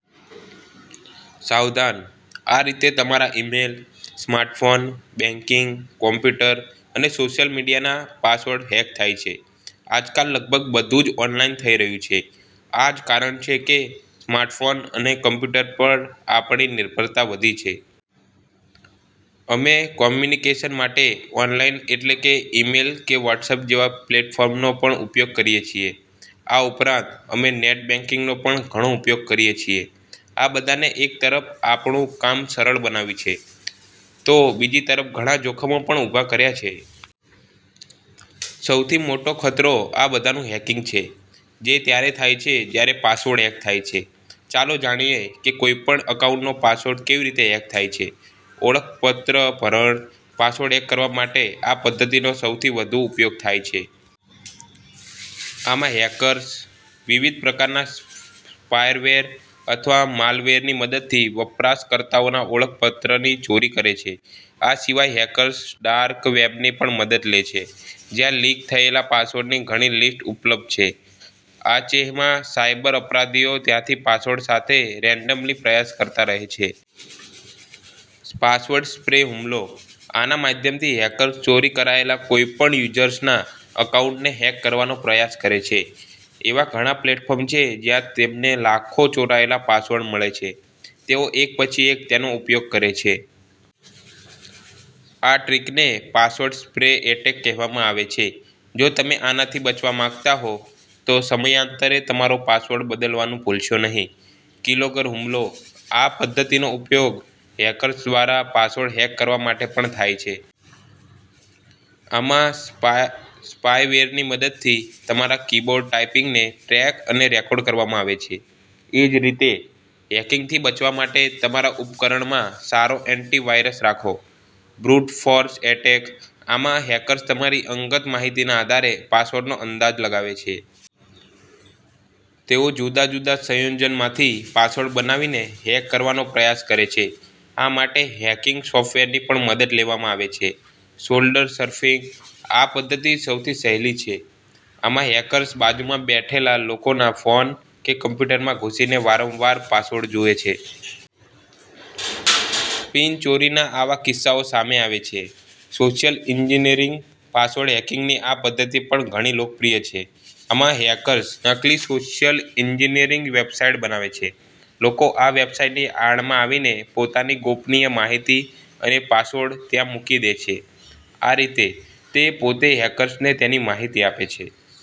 સાવધાન! આ રીતે તમારા ઈમેલ, સ્માર્ટફોન, બેંકિંગ, કોમ્પ્યુટર અને સોશિયલ મીડિયાના પાસવર્ડ હેક થાય છે. આજકાલ લગભગ બધું જ ઓનલાઈન થઈ રહ્યું છે. આ જ કારણ છે કે સ્માર્ટફોન અને કમ્પ્યુટર પર આપણી નિર્ભરતા વધી છે. અમે કોમ્યુનિકેશન માટે ઓનલાઈન એટલે કે ઈમેલ કે વોટ્સએપ જેવા પ્લેટફોર્મનો પણ ઉપયોગ કરીએ છીએ. આ ઉપરાંત, અમે નેટ બેંકિંગનો પણ ઘણો ઉપયોગ કરીએ છીએ. આ બધાએ એક તરફ આપણું કામ સરળ બનાવ્યું છે, તો બીજી તરફ ઘણા જોખમો પણ ઊભા કર્યા છે. સૌથી મોટો ખતરો આ બધાનું હેકિંગ છે, જે ત્યારે થાય છે જ્યારે પાસવર્ડ હેક થાય છે. ચાલો જાણીએ કે કોઈપણ એકાઉન્ટનો પાસવર્ડ કેવી રીતે હેક થાય છે. ઓળખપત્ર ભરણ, પાસવર્ડ હેક કરવા માટે આ પદ્ધતિનો સૌથી વધુ ઉપયોગ થાય છે. આમાં, હેકર્સ વિવિધ પ્રકારના સ્પાયવેર અથવા માલવેરની મદદથી વપરાશકર્તાઓના ઓળખપત્રની ચોરી કરે છે. આ સિવાય હેકર્સ ડાર્ક વેબની પણ મદદ લે છે, જ્યાં લીક થયેલા પાસવર્ડ્સની ઘણી લિસ્ટ ઉપલબ્ધ છે. આચેહમાં, સાયબર અપરાધીઓ ત્યાંથી પાસવર્ડ સાથે રેન્ડમલી પ્રયાસ કરતા રહે છે. પાસવર્ડ સ્પ્રે હુમલો, આના માધ્યમથી હેકર્સ ચોરી કરાયેલા કોઈપણ યુઝર્સના એકાઉન્ટને હેક કરવાનો પ્રયાસ કરે છે. એવા ઘણા પ્લેટફોર્મ છે જ્યાં તેમને લાખો ચોરાયેલા પાસવર્ડ મળે છે. તેઓ એક પછી એક તેનો ઉપયોગ કરે છે. આ ટ્રિકને પાસવર્ડ સ્પ્રે એટેક કહેવામાં આવે છે. જો તમે આનાથી બચવા માંગતા હો, તો સમયાંતરે તમારો પાસવર્ડ બદલવાનું ભૂલશો નહીં. કીલોગર હુમલો, આ પદ્ધતિનો ઉપયોગ હેકર્સ દ્વારા પાસવર્ડ હેક કરવા માટે પણ થાય છે. આમાં, સ્પાયવેરની મદદથી, તમારા કીબોર્ડ ટાઇપિંગને ટ્રેક અને રેકોર્ડ કરવામાં આવે છે. એ જ રીતે, હેકિંગથી બચવા માટે, તમારા ઉપકરણમાં સારો એન્ટીવાયરસ રાખો. બ્રુટ ફોર્સ એટેક, આમાં હેકર્સ તમારી અંગત માહિતીના આધારે પાસવર્ડનો અંદાજ લગાવે છે. તેઓ જુદા જુદા સંયોજનોમાંથી પાસવર્ડ બનાવીને હેક કરવાનો પ્રયાસ કરે છે. આ માટે હેકિંગ સોફ્ટવેરની પણ મદદ લેવામાં આવે છે. શોલ્ડર સર્ફિંગ, આ પદ્ધતિ સૌથી સહેલી છે. આમાં હેકર્સ બાજુમાં બેઠેલા લોકોના ફોન કે કોમ્પ્યુટરમાં ઘૂસીને વારંવાર પાસવર્ડ જુએ છે. પિન ચોરીના આવા કિસ્સાઓ સામે આવે છે. સોશિયલ એન્જિનિયરિંગ, પાસવર્ડ હેકિંગની આ પદ્ધતિ પણ ઘણી લોકપ્રિય છે. આમાં હેકર્સ નકલી સોશિયલ એન્જિનિયરિંગ વેબસાઇટ બનાવે છે. લોકો આ વેબસાઈટની આડમાં આવીને પોતાની ગોપનીય માહિતી અને પાસવર્ડ ત્યાં મૂકી દે છે. આ રીતે, તે પોતે હેકર્સને તેની માહિતી આપે છે.